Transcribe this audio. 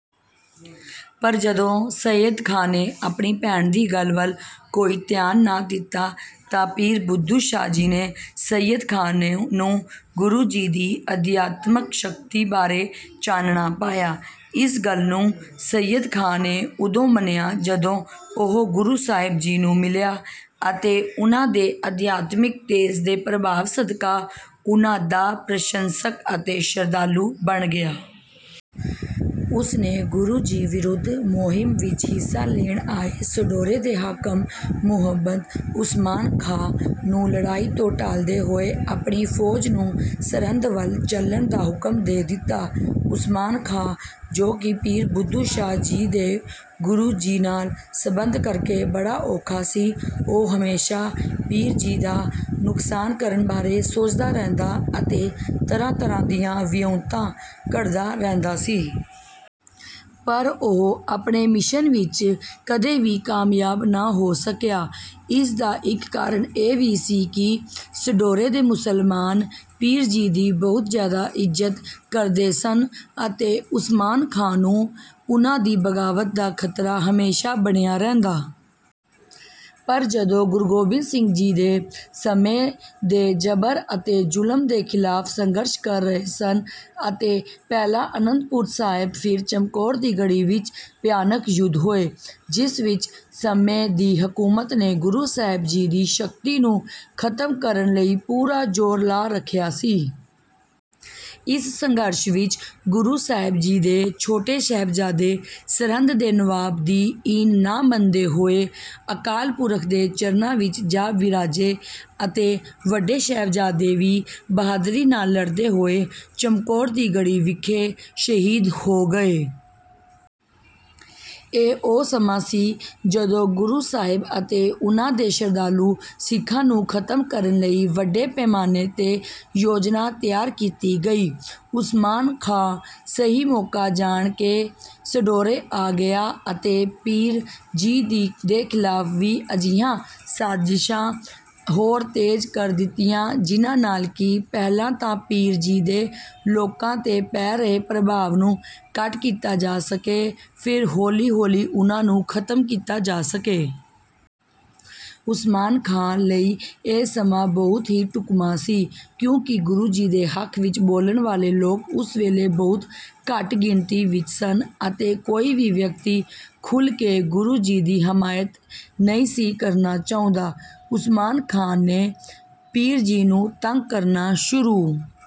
ਪਰ ਜਦੋਂ ਸੱਯਦ ਖਾਂ ਨੇ ਆਪਣੀ ਭੈਣ ਦੀ ਗੱਲ ਵੱਲ ਕੋਈ ਧਿਆਨ ਨਾ ਦਿੱਤਾ ਤਾਂ ਪੀਰ ਬੁੱਧੂ ਸ਼ਾਹ ਜੀ ਨੇ ਸੱਯਦ ਖਾਂ ਨੂੰ ਗੁਰੂ ਜੀ ਦੀ ਅਧਿਆਤਮਿਕ ਸ਼ਕਤੀ ਬਾਰੇ ਚਾਨਣਾ ਪਾਇਆ। ਇਸ ਗੱਲ ਨੂੰ ਸੱਯਦ ਖਾਂ ਨੇ ਉਦੋਂ ਮੰਨਿਆ ਜਦੋਂ ਉਹ ਗੁਰੂ ਸਾਹਿਬ ਜੀ ਨੂੰ ਮਿਲਿਆ ਅਤੇ ਉਨ੍ਹਾਂ ਦੇ ਅਧਿਆਤਮਿਕ ਤੇਜ ਦੇ ਪ੍ਰਭਾਵ ਸਦਕਾ, ਉਨ੍ਹਾਂ ਦਾ ਪ੍ਰਸ਼ੰਸਕ ਅਤੇ ਸ਼ਰਧਾਲੂ ਬਣ ਗਿਆ। ਉਸ ਨੇ ਗੁਰੂ ਜੀ ਵਿਰੁੱਧ ਮੁਹਿੰਮ ਵਿੱਚ ਹਿੱਸਾ ਲੈਣ ਆਏ ਸਢੌਰੇ ਦੇ ਹਾਕਮ ਮੁਹੰਮਦ ਉਸਮਾਨ ਖਾਂ ਨੂੰ ਲੜਾਈ ਤੋਂ ਟਾਲਦੇ ਹੋਏ ਆਪਣੀ ਫੌਜ ਨੂੰ ਸਰਹਿੰਦ ਵੱਲ ਚੱਲਣ ਦਾ ਹੁਕਮ ਦੇ ਦਿੱਤਾ। ਉਸਮਾਨ ਖਾਂ, ਜੋ ਕਿ ਪੀਰ ਬੁੱਧੂ ਸ਼ਾਹ ਜੀ ਦੇ ਗੁਰੂ ਜੀ ਨਾਲ ਸੰਬੰਧਾਂ ਕਰਕੇ ਬੜਾ ਔਖਾ ਸੀ, ਉਹ ਹਮੇਸ਼ਾ ਪੀਰ ਜੀ ਦਾ ਨੁਕਸਾਨ ਕਰਨ ਬਾਰੇ ਸੋਚਦਾ ਰਹਿੰਦਾ ਅਤੇ ਤਰ੍ਹਾਂ-ਤਰ੍ਹਾਂ ਦੀਆਂ ਵਿਉਂਤਾਂ ਘੜਦਾ ਰਹਿੰਦਾ ਸੀ। ਪਰ ਉਹ ਆਪਣੇ ਮਿਸ਼ਨ ਵਿੱਚ ਕਦੇ ਵੀ ਕਾਮਯਾਬ ਨਾ ਹੋ ਸਕਿਆ। ਇਸ ਦਾ ਇੱਕ ਕਾਰਨ ਇਹ ਵੀ ਸੀ ਕਿ ਸਢੌਰੇ ਦੇ ਮੁਸਲਮਾਨ ਪੀਰ ਜੀ ਦੀ ਬਹੁਤ ਜ਼ਿਆਦਾ ਇੱਜ਼ਤ ਕਰਦੇ ਸਨ ਅਤੇ ਉਸਮਾਨ ਖਾਂ ਨੂੰ ਉਨ੍ਹਾਂ ਦੀ ਬਗ਼ਾਵਤ ਦਾ ਖ਼ਤਰਾ ਹਮੇਸ਼ਾ ਬਣਿਆ ਰਹਿੰਦਾ। ਪਰ ਜਦੋਂ ਗੁਰੂ ਗੋਬਿੰਦ ਸਿੰਘ ਜੀ ਸਮੇਂ ਦੇ ਜਬਰ ਅਤੇ ਜ਼ੁਲਮ ਦੇ ਖਿਲਾਫ਼ ਸੰਘਰਸ਼ ਕਰ ਰਹੇ ਸਨ ਅਤੇ ਪਹਿਲਾਂ ਆਨੰਦਪੁਰ ਸਾਹਿਬ ਫਿਰ ਚਮਕੌਰ ਦੀ ਗੜ੍ਹੀ ਵਿੱਚ ਭਿਆਨਕ ਯੁੱਧ ਹੋਏ, ਜਿਸ ਵਿੱਚ ਸਮੇਂ ਦੀ ਹਕੂਮਤ ਨੇ ਗੁਰੂ ਸਾਹਿਬ ਜੀ ਦੀ ਸ਼ਕਤੀ ਨੂੰ ਖਤਮ ਕਰਨ ਲਈ ਪੂਰਾ ਜ਼ੋਰ ਲਾ ਰੱਖਿਆ ਸੀ। ਇਸ ਸੰਘਰਸ਼ ਵਿੱਚ ਗੁਰੂ ਸਾਹਿਬ ਜੀ ਦੇ ਛੋਟੇ ਸਾਹਿਬਜ਼ਾਦੇ ਸਰਹਿੰਦ ਦੇ ਨਵਾਬ ਦੀ ਈਨ ਨਾ ਮੰਨਦੇ ਹੋਏ ਅਕਾਲ ਪੁਰਖ ਦੇ ਚਰਨਾਂ ਵਿੱਚ ਜਾ ਬਿਰਾਜੇ ਅਤੇ ਵੱਡੇ ਸਾਹਿਬਜ਼ਾਦੇ ਵੀ ਬਹਾਦਰੀ ਨਾਲ ਲੜਦੇ ਹੋਏ ਚਮਕੌਰ ਦੀ ਗੜ੍ਹੀ ਵਿਖੇ ਸ਼ਹੀਦ ਹੋ ਗਏ। ਇਹ ਉਹ ਸਮਾਂ ਸੀ, ਜਦੋਂ ਗੁਰੂ ਸਾਹਿਬ ਅਤੇ ਉਨ੍ਹਾਂ ਦੇ ਸ਼ਰਧਾਲੂ ਸਿੱਖਾਂ ਨੂੰ ਖਤਮ ਕਰਨ ਲਈ ਵੱਡੇ ਪੈਮਾਨੇ ਤੇ ਯੋਜਨਾ ਤਿਆਰ ਕੀਤੀ ਗਈ। ਉਸਮਾਨ ਖਾਂ ਸਹੀ ਮੌਕਾ ਜਾਣ ਕੇ ਸਢੌਰੇ ਆ ਗਿਆ ਅਤੇ ਪੀਰ ਜੀ ਦੇ ਖਿਲਾਫ਼ ਵੀ ਅਜਿਹੀਆਂ ਸਾਜ਼ਿਸ਼ਾਂ ਹੋਰ ਤੇਜ਼ ਕਰ ਦਿੱਤੀਆਂ, ਜਿਨ੍ਹਾਂ ਨਾਲ ਕਿ ਪਹਿਲਾਂ ਤਾਂ ਪੀਰ ਜੀ ਦੇ ਲੋਕਾਂ ਤੇ ਪੈ ਰਹੇ ਪ੍ਰਭਾਵ ਨੂੰ ਘੱਟ ਕੀਤਾ ਜਾ ਸਕੇ ਫਿਰ ਹੌਲੀ-ਹੌਲੀ ਉਨ੍ਹਾਂ ਨੂੰ ਖਤਮ ਕੀਤਾ ਜਾ ਸਕੇ। ਉਸਮਾਨ ਖਾਂ ਲਈ ਇਹ ਸਮਾਂ ਬਹੁਤ ਹੀ ਢੁਕਵਾਂ ਸੀ, ਕਿਉਂਕਿ ਗੁਰੂ ਜੀ ਦੇ ਹੱਕ ਵਿੱਚ ਬੋਲਣ ਵਾਲੇ ਲੋਕ ਉਸ ਵੇਲੇ ਬਹੁਤ ਘੱਟ ਗਿਣਤੀ ਵਿੱਚ ਸਨ ਅਤੇ ਕੋਈ ਵੀ ਵਿਅਕਤੀ ਖੁੱਲ੍ਹ ਕੇ ਗੁਰੂ ਜੀ ਦੀ ਹਮਾਇਤ ਨਹੀਂ ਸੀ ਕਰਨਾ ਚਾਹੁੰਦਾ। ਉਸਮਾਨ ਖਾਂ ਨੇ ਪੀਰ ਜੀ ਨੂੰ ਤੰਗ ਕਰਨਾ ਸ਼ੁਰੂ